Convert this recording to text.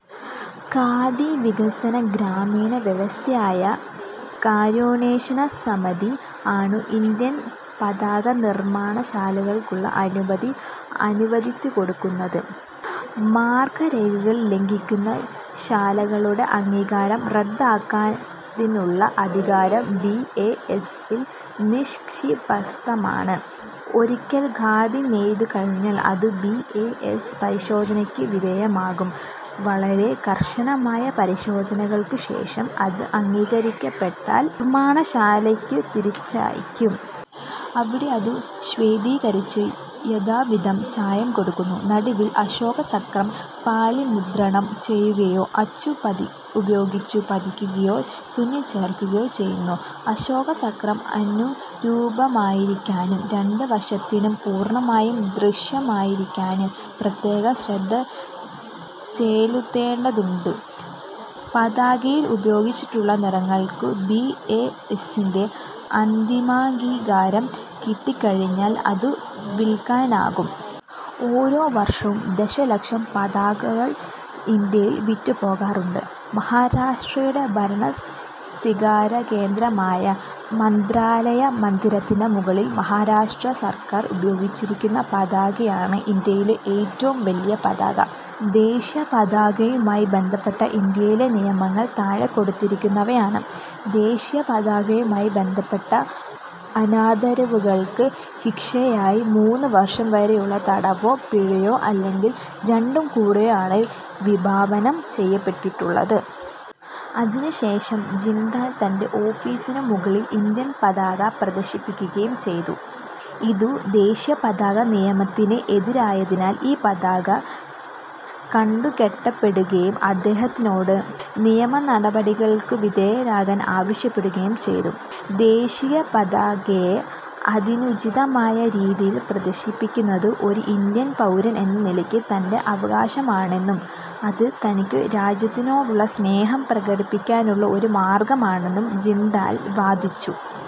ഖാദി വികസന ഗ്രാമീണ വ്യവസായ കാര്യാന്വേഷണസമിതി, ആണു് ഇന്ത്യയിൽ പതാകനിർമ്മാണശാലകൾക്കുള്ള അനുമതി അനുവദിച്ചുകൊടുക്കുന്നതു്. മാർഗ്ഗരേഖകൾ ലംഘിക്കുന്ന ശാലകളുടെ അംഗീകാരം റദ്ദാക്കുന്നതിനുള്ള അധികാരം ബി. ഐ. എസ്. -ൽ നിക്ഷിപ്തമാണു്. ഒരിക്കൽ ഖാദി നെയ്തു കഴിഞ്ഞാൽ അതു ബി. ഐ. എസ് പരിശോധനയ്ക്കു വിധേയമാക്കും. വളരെ കർശനമായ പരിശോധനകൾക്കു ശേഷം അതു് അംഗീകരിക്കപ്പെട്ടാൽ നിർമ്മാണശാലയിലേക്കു തിരിച്ചയയ്ക്കും. അവിടെ അതു ശ്വേതീകരിച്ചു്, യഥാവിധം ചായം കൊടുക്കുന്നു. നടുവിൽ അശോകചക്രം പാളിമുദ്രണം ചെയ്യുകയോ അച്ചുപയോഗിച്ചു പതിക്കുകയോ തുന്നിച്ചേർക്കുകയോ ചെയ്യുന്നു. അശോകചക്രം അനുരൂപമായിരിക്കാനും രണ്ടു വശത്തുനിന്നും പൂർണ്ണമായും ദൃശ്യമായിരിക്കാനും പ്രത്യേക ശ്രദ്ധ ചെലുത്തേണ്ടതുണ്ടു്. പതാകയിൽ ഉപയോഗിച്ചിട്ടുള്ള നിറങ്ങൾക്കു് ബി. ഐ. എസിന്റെ അന്തിമാംഗീകാരം കിട്ടിക്കഴിഞ്ഞാൽ അതു വിൽക്കാനാകും. ഓരോ വർഷവും ദശലക്ഷം പതാകകൾ ഇന്ത്യയിൽ വിറ്റുപോകുന്നുണ്ട്. മഹാരാഷ്ട്രയുടെ ഭരണസിരാകേന്ദ്രമായ 'മന്ത്രാലയ' മന്ദിരത്തിന്റെ മുകളിൽ മഹാരാഷ്ട്ര സർക്കാർ ഉപയോഗിച്ചിരിക്കുന്ന പതാകയാണു് ഇന്ത്യയിലെ ഏറ്റവും വലിയ പതാക. ദേശീയ പതാകയുമായി ബന്ധപ്പെട്ട ഇന്ത്യയിലെ നിയമങ്ങൾ താഴെ കൊടുത്തിരിക്കുന്നവയാണ്. ദേശീയപതാകയുമായി ബന്ധപ്പെട്ട അനാദരവുകൾക്ക് ശിക്ഷയായി മൂന്നു വർഷം വരെയുള്ള തടവോ പിഴയോ അല്ലെങ്കിൽ രണ്ടും കൂടിയോ ആണ് വിഭാവനം ചെയ്യപ്പെട്ടിട്ടുള്ളത്. അതിനു ശേഷം ജിണ്ടാൽ തന്റെ ഓഫീസിനു മുകളിൽ ഇന്ത്യൻ പതാക പ്രദർശിപ്പിക്കുകയും ചെയ്തു. ഇതു ദേശീയപതാക നിയമത്തിന് എതിരായതിനാൽ ഈ പതാക കണ്ടുകെട്ടപ്പെടുകയും അദ്ദേഹത്തിനോട് നിയമനടപടികൾക്കു വിധേയനാകാൻ ആവശ്യപ്പെടുകയും ചെയ്തു. ദേശീയപതാകയെ അതിനുചിതമായ രീതിയിൽ പ്രദർശിപ്പിക്കുന്നത് ഒരു ഇന്ത്യൻ പൗരൻ എന്ന നിലയ്ക്ക് തന്റെ അവകാശമാണെന്നും അത് തനിക്കു രാജ്യത്തിനോടുള്ള സ്നേഹം പ്രകടിപ്പിക്കാനുള്ള ഒരു മാർഗ്ഗമാണെന്നും ജിണ്ടാൽ വാദിച്ചു.